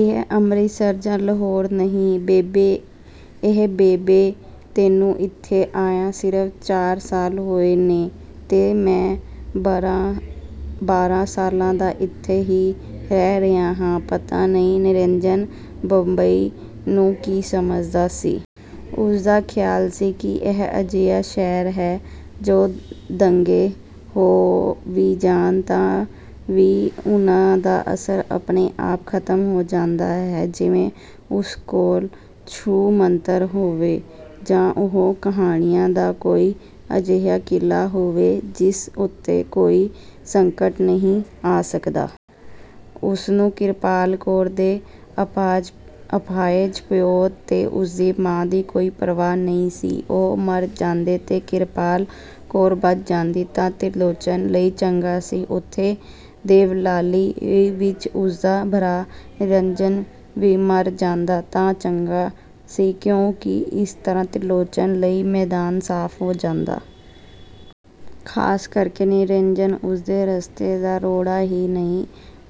ਇਹ ਅੰਮ੍ਰਿਤਸਰ ਜਾਂ ਲਾਹੌਰ ਨਹੀਂ, ਬੰਬੇ ਐ, ਬੰਬੇ! ਤੈਨੂੰ ਇੱਥੇ ਆਇਆਂ ਸਿਰਫ਼ ਚਾਰ ਸਾਲ ਹੋਏ ਨੇ ਤੇ ਮੈਂ ਬਾਰ੍ਹਾਂ ਸਾਲਾਂ ਦਾ ਇੱਥੇ ਈ ਰਹਿ ਰਿਹਾਂ ਹਾਂ। 'ਪਤਾ ਨਹੀਂ ਨਿਰੰਜਨ ਬੰਬਈ ਨੂੰ ਕੀ ਸਮਝਦਾ ਸੀ। ਉਸਦਾ ਖਿਆਲ ਸੀ ਕਿ ਇਹ ਅਜਿਹਾ ਸ਼ਹਿਰ ਹੈ ਜੇ ਦੰਗੇ ਹੋ ਵੀ ਜਾਣ ਤਾਂ ਵੀ ਉਹਨਾਂ ਦਾ ਅਸਰ ਆਪਣੇ-ਆਪ ਖਤਮ ਹੋ ਜਾਂਦਾ ਏ, ਜਿਵੇਂ ਉਸ ਕੋਲ ਛੂ ਮੰਤਰ ਹੋਵੇ, ਜਾਂ ਉਹ ਕਹਾਣੀਆਂ ਦਾ ਕੋਈ ਅਜਿਹਾ ਕਿਲਾ ਹੋਵੇ, ਜਿਸ ਉੱਤੇ ਕੋਈ ਸੰਕਟ ਨਹੀਂ ਆ ਸਕਦਾ। ਉਸਨੂੰ ਕਿਰਪਾਲ ਕੌਰ ਦੇ ਅਪਾਹਜ ਪਿਉ ਤੇ ਉਸਦੀ ਮਾਂ ਦੀ ਕੋਈ ਪ੍ਰਵਾਹ ਨਹੀਂ ਸੀ। ਉਹ ਮਰ ਜਾਂਦੇ ਤੇ ਕਿਰਪਾਲ ਕੌਰ ਬਚ ਜਾਂਦੀ ਤਾਂ ਤਿਰਲੋਚਨ ਲਈ ਚੰਗਾ ਸੀ। ਉੱਥੇ ਦੇਵਲਾਲੀ ਵਿਚ ਉਸਦਾ ਭਰਾ ਨਿਰੰਜਨ ਵੀ ਮਰ ਜਾਂਦਾ ਤਾਂ ਚੰਗਾ ਸੀ, ਕਿਉਂਕਿ ਇਸ ਤਰ੍ਹਾਂ ਤਿਰਲੋਚਨ ਲਈ ਮੈਦਾਨ ਸਾਫ਼ ਹੋ ਜਾਂਦਾ। ਖਾਸ ਕਰਕੇ ਨਿਰੰਜਨ ਉਸਦੇ ਰਸਤੇ ਦਾ ਰੋੜਾ ਹੀ ਨਹੀਂ,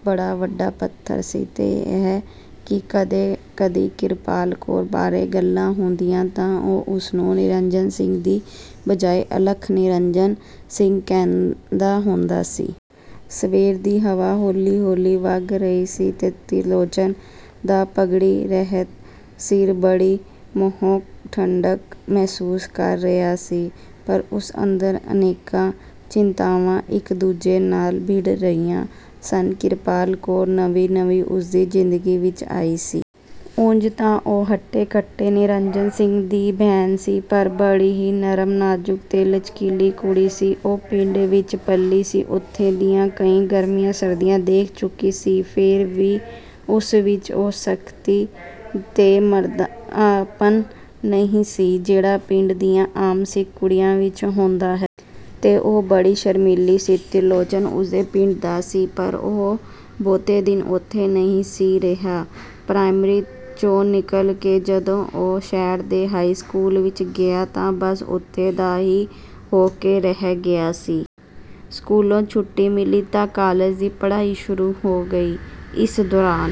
ਬੜਾ ਵੱਡਾ ਪੱਥਰ ਸੀ। ਤੇ ਇਹ ਕਿ ਜਦੋਂ ਕਦੀ ਕਿਰਪਾਲ ਕੌਰ ਬਾਰੇ ਗੱਲਾਂ ਹੁੰਦੀਆਂ ਤਾਂ ਉਹ ਉਸਨੂੰ ਨਿਰੰਜਨ ਸਿੰਘ ਦੀ ਬਜਾਏ ਅਲਖ ਨਿਰੰਜਨ ਸਿੰਘ ਕਹਿੰਦਾ ਹੁੰਦਾ ਸੀ। ਸਵੇਰ ਦੀ ਹਵਾ ਹੌਲੀ-ਹੌਲੀ ਵਗ ਰਹੀ ਸੀ ਤੇ ਤਿਰਲੋਚਨ ਦਾ ਪੱਗੜੀ ਰਹਿਤ ਸਿਰ ਬੜੀ ਮੋਹਕ ਠੰਢਕ ਮਹਿਸੂਸ ਕਰ ਰਿਹਾ ਸੀ। ਪਰ ਉਸ ਅੰਦਰ ਅਨੇਕਾਂ ਚਿੰਤਾਵਾਂ ਇਕ ਦੂਜੇ ਨਾਲ ਭਿੜ ਰਹੀਆਂ ਸਨ। ਕਿਰਪਾਲ ਕੌਰ ਨਵੀਂ-ਨਵੀਂ ਉਸਦੀ ਜ਼ਿੰਦਗੀ ਵਿਚ ਆਈ ਸੀ। ਉਂਜ ਤਾਂ ਉਹ ਹੱਟੇ-ਕੱਟੇ ਨਿਰੰਜਨ ਸਿੰਘ ਦੀ ਭੈਣ ਸੀ, ਪਰ ਬੜੀ ਹੀ ਨਰਮ, ਨਾਜ਼ੁਕ ਤੇ ਲਚਕੀਲੀ ਕੁੜੀ ਸੀ। ਉਹ ਪਿੰਡ ਵਿਚ ਪਲੀ ਸੀ। ਉੱਥੋਂ ਦੀਆਂ ਕਈ ਗਰਮੀਆਂ-ਸਰਦੀਆਂ ਦੇਖ ਚੁੱਕੀ ਸੀ, ਫੇਰ ਵੀ ਉਸ ਵਿਚ ਉਹ ਸਖਤੀ ਤੇ ਮਰਦਾਨਾਪਨ ਨਹੀਂ ਸੀ, ਜਿਹੜਾ ਪਿੰਡ ਦੀਆਂ ਆਮ ਸਿੱਖ ਕੁੜੀਆਂ ਵਿਚ ਹੁੰਦਾ ਹੈ। ਤੇ ਉਹ ਬੜੀ ਸ਼ਰਮੀਲੀ ਸੀ। ਤਿਰਲੋਚਨ ਉਸਦੇ ਪਿੰਡ ਦਾ ਸੀ, ਪਰ ਉਹ ਬਹੁਤੇ ਦਿਨ ਉੱਥੇ ਨਹੀਂ ਸੀ ਰਿਹਾ। ਪ੍ਰਾਇਮਰੀ 'ਚੋਂ ਨਿਕਲ ਕੇ ਜਦੋਂ ਉਹ ਸ਼ਹਿਰ ਦੇ ਹਾਈ ਸਕੂਲ ਵਿਚ ਗਿਆ ਸੀ ਤਾਂ ਬੱਸ, ਉੱਥੋਂ ਦਾ ਹੀ ਹੋ ਕੇ ਰਹਿ ਗਿਆ ਸੀ। ਸਕੂਲੋਂ ਛੁੱਟੀ ਮਿਲੀ ਤਾਂ ਕਾਲਜ ਦੀ ਪੜ੍ਹਾਈ ਸ਼ੁਰੂ ਹੋ ਗਈ। ਇਸ ਦੌਰਾਨ